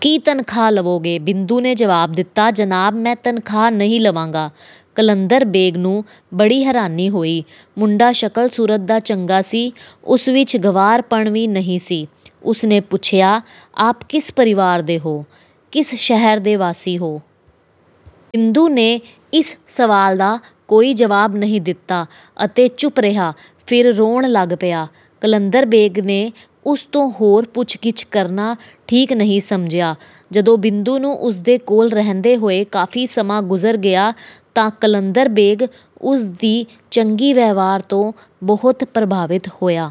ਕੀ ਤਨਖਾਹ ਲਵੋਗੇ? ਬਿੰਦੂ ਨੇ ਜਵਾਬ ਦਿੱਤਾ, ਜਨਾਬ ਮੈਂ ਤਨਖਾਹ ਨਹੀਂ ਲਵਾਂਗਾ। ਕਲੰਦਰ ਬੇਗ ਨੂੰ ਬੜੀ ਹੈਰਾਨੀ ਹੋਈ। ਮੁੰਡਾ ਸ਼ਕਲ-ਸੂਰਤ ਦਾ ਚੰਗਾ ਸੀ, ਉਸ ਵਿੱਚ ਗੰਵਾਰਪਣ ਵੀ ਨਹੀਂ ਸੀ। ਉਸਨੇ ਪੁੱਛਿਆ, ਆਪ ਕਿਸ ਪਰਿਵਾਰ ਦੇ ਹੋ, ਕਿਸ ਸ਼ਹਿਰ ਦੇ ਵਾਸੀ ਹੋ? ਬਿੰਦੂ ਨੇ ਇਸ ਸਵਾਲ ਦਾ ਕੋਈ ਜਵਾਬ ਨਹੀਂ ਦਿੱਤਾ ਅਤੇ ਚੁੱਪ ਰਿਹਾ ਫਿਰ ਰੋਣ ਲੱਗ ਪਿਆ। ਕਲੰਦਰ ਬੇਗ ਨੇ ਉਸ ਤੋਂ ਹੋਰ ਪੁੱਛ-ਗਿੱਛ ਕਰਨਾ ਠੀਕ ਨਹੀਂ ਸਮਝਿਆ। ਜਦੋਂ ਬਿੰਦੂ ਨੂੰ ਉਸਦੇ ਕੋਲ ਰਹਿੰਦੇ ਹੋਏ ਕਾਫੀ ਸਮਾਂ ਗੁੁਜ਼ਰ ਗਿਆ ਤਾਂ ਕਲੰਦਰ ਬੇਗ ਉਸਦੀ ਚੰਗੇ ਵਿਵਹਾਰ ਤੋਂ ਬਹੁਤ ਪ੍ਰਭਾਵਿਤ ਹੋਇਆ।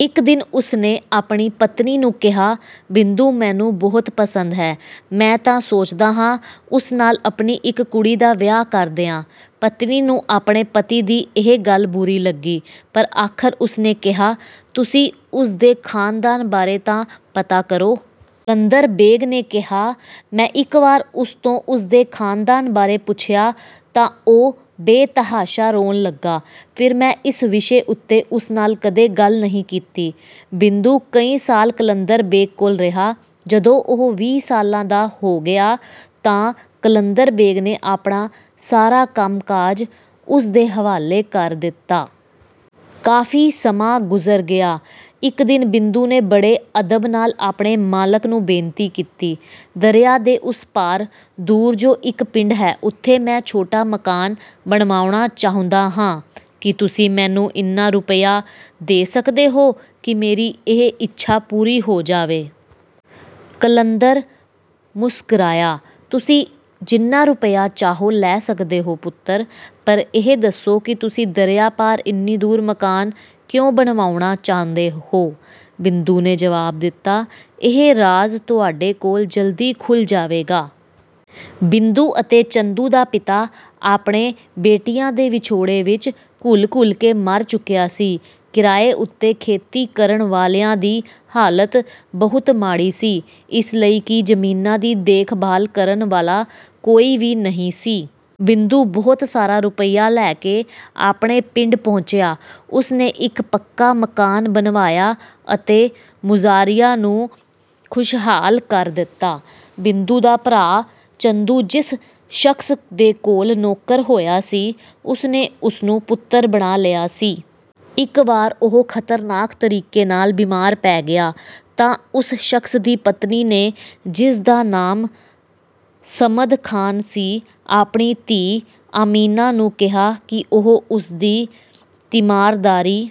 ਇੱਕ ਦਿਨ ਉਸਨੇ ਆਪਣੀ ਪਤਨੀ ਨੂੰ ਕਿਹਾ, ਬਿੰਦੂ ਮੈਨੂੰ ਬਹੁਤ ਪਸੰਦ ਹੈ। ਮੈਂ ਤਾਂ ਸੋਚਦਾ ਹਾਂ ਉਸ ਨਾਲ ਆਪਣੀ ਇੱਕ ਕੁੜੀ ਦਾ ਵਿਆਹ ਕਰ ਦਿਆਂ। ਪਤਨੀ ਨੂੰ ਆਪਣੇ ਪਤੀ ਦੀ ਇਹ ਗੱਲ ਬੁਰੀ ਲੱਗੀ ਪਰ ਆਖਰ ਉਸਨੇ ਕਿਹਾ, ਤੁਸੀਂ ਉਸਦੇ ਖਾਨਦਾਨ ਬਾਰੇ ਤਾਂ ਪਤਾ ਕਰੋ। ਕਲੰਦਰ ਬੇਗ ਨੇ ਕਿਹਾ, ਮੈਂ ਇੱਕ ਵਾਰ ਉਸ ਤੋਂ ਉਸਦੇ ਖਾਨਦਾਨ ਬਾਰੇ ਪੁੱਛਿਆ ਤਾਂ ਉਹ ਬੇਤਹਾਸ਼ਾ ਰੋਣ ਲੱਗਾ। ਫਿਰ ਮੈਂ ਇਸ ਵਿਸ਼ੇ ਉੱਤੇ ਉਸ ਨਾਲ ਕਦੇ ਗੱਲ ਨਹੀਂ ਕੀਤੀ। ਬਿੰਦੂ ਕਈ ਸਾਲ ਕਲੰਦਰ ਬੇਗ ਕੋਲ ਰਿਹਾ, ਜਦੋਂ ਉਹ ਵੀਹ ਸਾਲ ਦਾ ਹੋ ਗਿਆ ਤਾਂ ਕਲੰਦਰ ਬੇਗ ਨੇ ਆਪਣਾ ਸਾਰਾ ਕੰਮ-ਕਾਜ ਉਸਦੇ ਹਵਾਲੇ ਕਰ ਦਿੱਤਾ। ਕਾਫੀ ਸਮਾਂ ਗੁਜ਼ਰ ਗਿਆ। ਇੱਕ ਦਿਨ ਬਿੰਦੂ ਨੇ ਬੜੇ ਅਦਬ ਨਾਲ ਆਪਣੇ ਮਾਲਕ ਨੂੰ ਬੇਨਤੀ ਕੀਤੀ, ਦਰਿਆ ਦੇ ਉਸ ਪਾਰ ਦੂਰ ਜੋ ਇੱਕ ਪਿੰਡ ਹੈ, ਉੱਥੇ ਮੈਂ ਛੋਟਾ ਮਕਾਨ ਬਣਵਾਉਣਾ ਚਾਹੁੰਦਾ ਹਾਂ। ਕੀ ਤੁਸੀਂ ਮੈਨੂੰ ਇੰਨਾ ਰੁਪਿਆ ਦੇ ਸਕਦੇ ਹੋ ਕਿ ਮੇਰੀ ਇਹ ਇੱਛਾ ਪੂਰੀ ਹੋ ਜਾਵੇ। ਕਲੰਦਰ ਮੁਸਕਰਾਇਆ, ਤੁਸੀਂ ਜਿੰਨਾ ਰੁਪਿਆ ਚਾਹੋ ਲੈ ਸਕਦੇ ਹੋ ਪੁੱਤਰ, ਪਰ ਇਹ ਦੱਸੋ ਕਿ ਤੁਸੀਂ ਦਰਿਆ ਪਾਰ ਇੰਨੀ ਦੂਰ ਮਕਾਨ ਕਿਉਂ ਬਣਵਾਉਣਾ ਚਾਹੁੰਦੇ ਹੋ। ਬਿੰਦੂ ਨੇ ਜਵਾਬ ਦਿੱਤਾ, ਇਹ ਰਾਜ਼ ਤੁਹਾਡੇ ਕੋਲ ਜਲਦੀ ਖੁੱਲ੍ਹ ਜਾਵੇਗਾ। ਬਿੰਦੂ ਅਤੇ ਚੰਦੂ ਦਾ ਪਿਤਾ ਆਪਣੇ ਬੇਟਿਆਂ ਦੇ ਵਿਛੋੜੇ ਵਿੱਚ ਘੁਲ-ਘੁਲ ਕੇ ਮਰ ਚੁੱਕਿਆ ਸੀ। ਕਿਰਾਏ ਉੱਤੇ ਖੇਤੀ ਕਰਨ ਵਾਲਿਆਂ ਦੀ ਹਾਲਤ ਬਹੁਤ ਮਾੜੀ ਸੀ ਇਸ ਲਈ ਕਿ ਜ਼ਮੀਨਾਂ ਦੀ ਦੇਖ-ਭਾਲ ਕਰਨ ਵਾਲਾ ਕੋਈ ਵੀ ਨਹੀਂ ਸੀ। ਬਿੰਦੂ ਬਹੁਤ ਸਾਰਾ ਰੁਪਿਆ ਲੈ ਕੇ ਆਪਣੇ ਪਿੰਡ ਪਹੁੰਚਿਆ। ਉਸਨੇ ਇੱਕ ਪੱਕਾ ਮਕਾਨ ਬਣਵਾਇਆ ਅਤੇ ਮੁਜਾਰਿਆਂ ਨੂੰ ਖੁਸ਼ਹਾਲ ਕਰ ਦਿੱਤਾ। ਬਿੰਦੂ ਦਾ ਭਰਾ ਚੰਦੂ ਜਿਸ ਸ਼ਖਸ ਦੇ ਕੋਲ ਨੌਕਰ ਹੋਇਆ ਸੀ ਉਸਨੇ ਉਸਨੂੰ ਪੁੱਤਰ ਬਣਾ ਲਿਆ ਸੀ। ਇੱਕ ਵਾਰ ਉਹ ਖਤਰਨਾਕ ਤਰੀਕੇ ਨਾਲ ਬੀਮਾਰ ਪੈ ਗਿਆ ਤਾਂ ਉਸ ਸ਼ਖਸ ਦੀ ਪਤਨੀ ਨੇ ਜਿਸਦਾ ਨਾਮ ਸਮਦ ਖਾਨ ਸੀ, ਆਪਣੀ ਧੀ ਆਮਿਨਾ ਨੂੰ ਕਿਹਾ ਕਿ ਉਹ ਉਸਦੀ ਤਿਮਾਰਦਾਰੀ